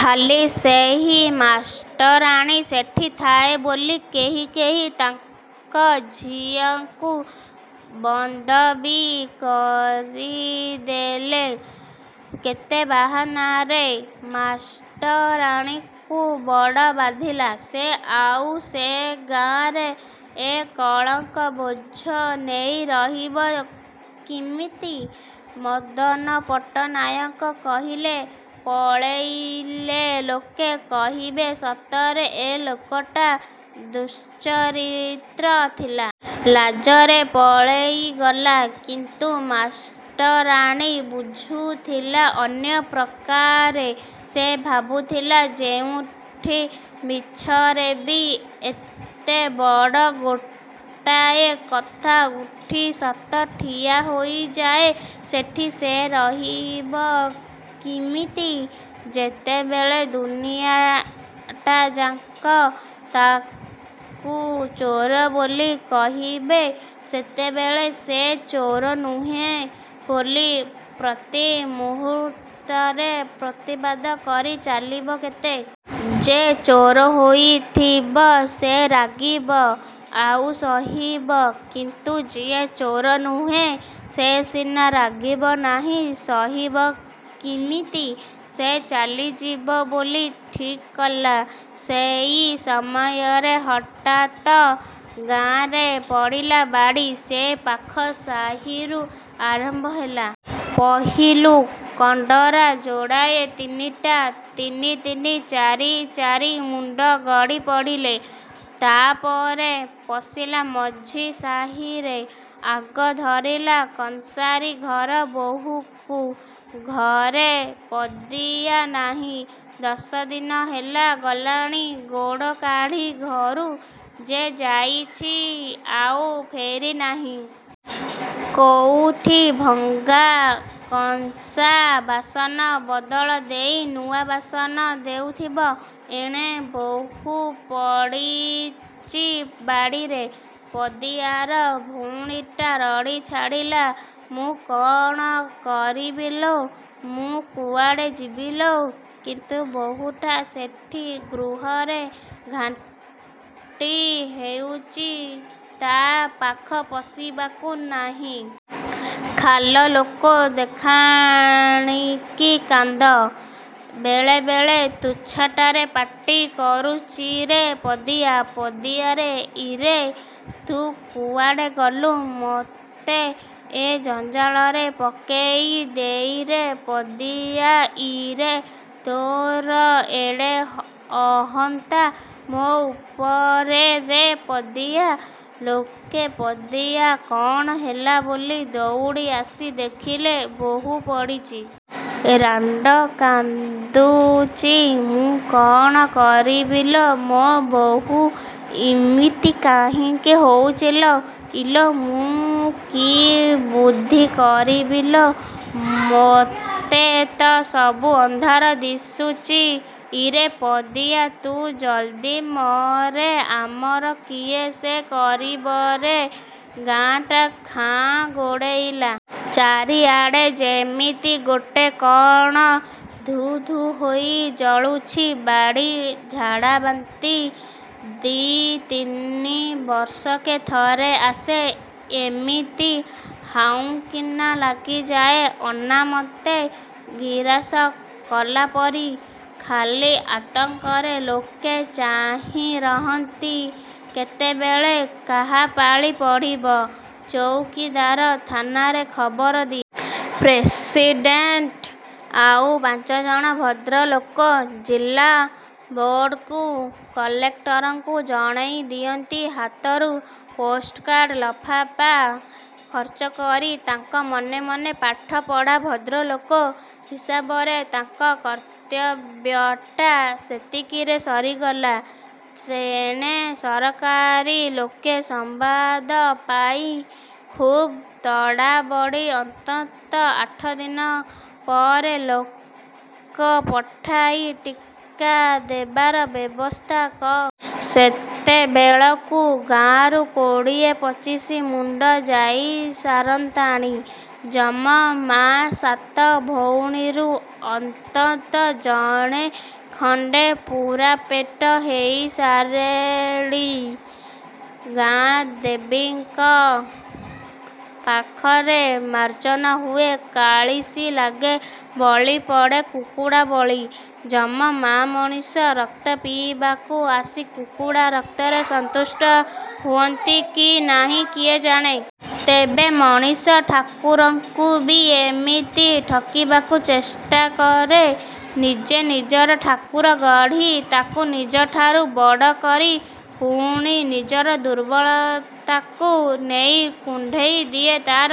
ଖାଲି ସେହି ମାଷ୍ଟରାଣୀ ସେଠି ଥାଏ ବୋଲି, କେହି କେହି ତାଙ୍କ ଝିଅଙ୍କୁ ବନ୍ଦବି କରିଦେଲେ କେତେ ବାହାନାରେ। ମାଷ୍ଟରାଣୀକୁ ବଡ଼ ବାଧିଲା। ସେ ଆଉ ସେ ଗାଁରେ ଏ କଳଙ୍କ ବୋଝ ନେଇ ରହିବ କିମିତି? ମଦନପଟ୍ଟନାୟକ କହିଲେ 'ପଳେଇଲେ ଲୋକେ କହିବେ ସତରେ ଏ ଲୋକଟା ଦୁଶ୍ଚରିତ୍ର ଥିଲା। ଲାଜରେ ପଳେଇଗଲା। ' କିନ୍ତୁ ମାଷ୍ଟରାଣୀ ବୁଝୁଥିଲା ଅନ୍ୟ ପ୍ରକାରେ। ସେ ଭାବୁଥିଲା, ଯେଉଁଠି ମିଛରେବି ଏତେ ବଡ଼ ଗୋଟାଏ କଥା ଉଠି ସତ ଠିଆ ହୋଇଯାଏ ସେଠି ସେ ରହିବ କିମିତି? ଯେତେବେଳେ ଦୁନିଆଟାଯାଙ୍କ ତାକୁ ଚୋର ବୋଲି କହିବେ, ସେତେବେଳେ ସେ ଚୋର ନୁହେଁ ବୋଲି ପ୍ରତି ମୁହୂର୍ତ୍ତରେ ପ୍ରତିବାଦ କରି ଚାଲିବ କେତେ! ଯେ ଚୋର ହେଇଥିବ ସେ ରାଗିବ ଆଉ ସହିବ। କିନ୍ତୁ ଯିଏ ଚୋର ନୁହେଁ ସେ ସିନା ରାଗିବ ନାହିଁ ସହିବ କିମିତି? ସେ ଚାଲିଯିବ ବୋଲି ଠିକ୍ କଲା। ସେଇ ସମୟରେ ହଠାତ ଗାଁରେ ପଡ଼ିଲା ବାଡ଼ି। ସେ ପାଖ ସାହିରୁ ଆରମ୍ଭ ହେଲା। ପହିଲୁ କଣ୍ଡରା ଯୋଡ଼ାଏ ତିନିଟା ତିନି ତିନି ଚାରି ଚାରି ମୁଣ୍ଡ ଗଡ଼ି ପଡ଼ିଲେ। ତା'ପରେ ପଶିଲା ମଝି ସାହିରେ। ଆଗ ଧରିଲା କଂସାରି ଘର ବହୂକୁ। ଘରେ ପଦିଆ ନାହିଁ। ଦଶଦିନ ହେଲା ଗଲାଣି ଗୋଡ଼ କାଢ଼ି ଘରୁ ଯେ, ଯାଇଛି ଆଉ ଫେରି ନାହିଁ। କୋଉଠି ଭଙ୍ଗା କଂସା ବାସନ ବଦଳ ଦେଇ ନୂଆ ବାସନ ଦେଉଥିବ। ଏଣେ ବହୂ ପଡ଼ିଚି ବାଡ଼ିରେ । ପଦିଆର ଭଉଣୀଟା ରଡ଼ି ଛାଡ଼ିଲା ''ମୁଁ କ'ଣ କରିବିଲୋ! ମୁଁ କୁଆଡ଼େ ଯିବିଲୋ! '' କିନ୍ତୁ ବହୂଟା ସେଠି ଗୃହରେ ଘାଣ୍ଟି ହେଉଚି ତା' ପାଖ ପଶିବାକୁ ନାହିଁ। ଖାଲ ଲୋକୋ ଦେଖାଣିକି କାନ୍ଦ। ବେଳେ ବେଳେ ତୁଚ୍ଛାଟାରେ ପାଟି କରୁଚି''ରେ ପଦିଆ ପଦିଆରେ ଇରେ ତୁ କୁଆଡ଼େ ଗଲୁ ମୋତେ ଏ ଜଞ୍ଜାଳରେ ପକେଇ ଦେଇରେ ପଦିଆ ଇରେ ତୋର ଏଡ଼େ ଅ ଅହନ୍ତା ମୋ ଉପରେରେ ପଦିଆ। '' ଲୋକେ ପଦିଆ କ'ଣ ହେଲା ବୋଲି ଦଉଡ଼ି ଆସି ଦେଖିଲେ, ବହୂ ପଡ଼ିଚି। ରାଣ୍ଡ କାନ୍ଦୁଚି 'ମୁଁ କ'ଣ କରିବିଲୋ ମୋ ବୋହୂ ଇମିତି କାହିଁକି ହଉଚିଲୋ। ଇଲୋ ମୁଁ କି ବୁଦ୍ଧି କରିବିଲୋ। ମୋତେ ତ ସବୁ ଅନ୍ଧାର ଦିଶୁଚି ଇରେ ପଦିଆ, ତୁ ଜଲ୍ଦି ମରେ ଆମର କିଏ ସେ କରିବରେ। '' ଗାଁଟା ଖାଁ ଗୋଡ଼େଇଲା। ଚାରିଆଡ଼େ ଯେମିତି ଗୋଟେ କ'ଣ ଧୁ ଧୁ ହୋଇ ଜଳୁଛି। ବାଡ଼ି ଝାଡ଼ାବାନ୍ତି ଦି'ତିନି ବର୍ଷକେ ଥରେ ଆସେ। ଏମିତି ହାଉଁକିନା ଲାଗିଯାଏ। ଅନାମତେ ଗିରାସ କଲା ପରି। ଖାଲି ଆତଙ୍କରେ ଲୋକେ ଚାହିଁ ରହନ୍ତି, କେତେବେଳେ କାହା ପାଳି ପଡ଼ିବ। ଚଉକିଦାର ଥାନାରେ ଖବର ଦି। ପ୍ରେସିଡେଣ୍ଟ, ଆଉ ପାଞ୍ଚଜଣ ଭଦ୍ରଲୋକ ଜିଲାବୋର୍ଡ଼କୁ, କଲେକ୍ଟରଙ୍କୁ ଜଣେଇ ଦିଅନ୍ତି ହାତରୁ ପୋଷ୍ଟକାର୍ଡ଼ ଲଫାପା ଖର୍ଚ୍ଚ କରି, ତାଙ୍କ ମନେ ମନେ ପାଠ ପଢ଼ା ଭଦ୍ରଲୋକ ହିସାବରେ ତାଙ୍କ କର୍ତ୍ତବ୍ୟଟା ସେତିକିରେ ସରିଗଲା। ତେଣେ ସରକାରୀ ଲୋକେ ସମ୍ବାଦ ପାଇ ଖୁବ୍ ତଡ଼ାବଡ଼ି ଅନ୍ତତଃ ଆଠଦିନ ପରେ ଲୋକ ପଠାଇ ଟିକା ଦେବାର ବ୍ୟବସ୍ଥା କରନ୍ତି ଆଉ ହଇଜା ହେବ ନାହିଁ। ସେତେବେଳକୁ ଗାଁରୁ କୋଡ଼ିଏ ପଚିଶ ମୁଣ୍ଡ ଯାଇ ସାରନ୍ତାଣି। ଯମ ମା ସାତ ଭଉଣୀରୁ ଅନ୍ତତଃ ଜଣେ ଖଣ୍ଡେ ପୂରାପେଟ ହେଇ ସାରେଣି। ଗାଁ ଦେବତୀଙ୍କ ପାଖରେ ମାର୍ଜନା ହୁଏ କାଳିସୀ ଲାଗେ। ବଳି ପଡ଼େ କୁକୁଡ଼ା ବଳି। ଯମ ମା ମଣିଷ ରକ୍ତ ପିଇବାକୁ ଆସି କୁକୁଡ଼ା ରକ୍ତରେ ସନ୍ତୁଷ୍ଟ ହୁଅନ୍ତି କି ନାହିଁ କିଏ ଜାଣେ! ତେବେ ମଣିଷ ଠାକୁରଙ୍କୁବି ଏମିତି ଠକିବାକୁ ଚେଷ୍ଟା କରେ। ନିଜେ ନିଜର ଠାକୁର ଗଢ଼ି, ତାକୁ ନିଜଠାରୁ ବଡ଼ କରି ପୁଣି ନିଜର ଦୁର୍ବଳତାକୁ ନେଇ କୁଣ୍ଡେଇ ଦିଏ ତା'ର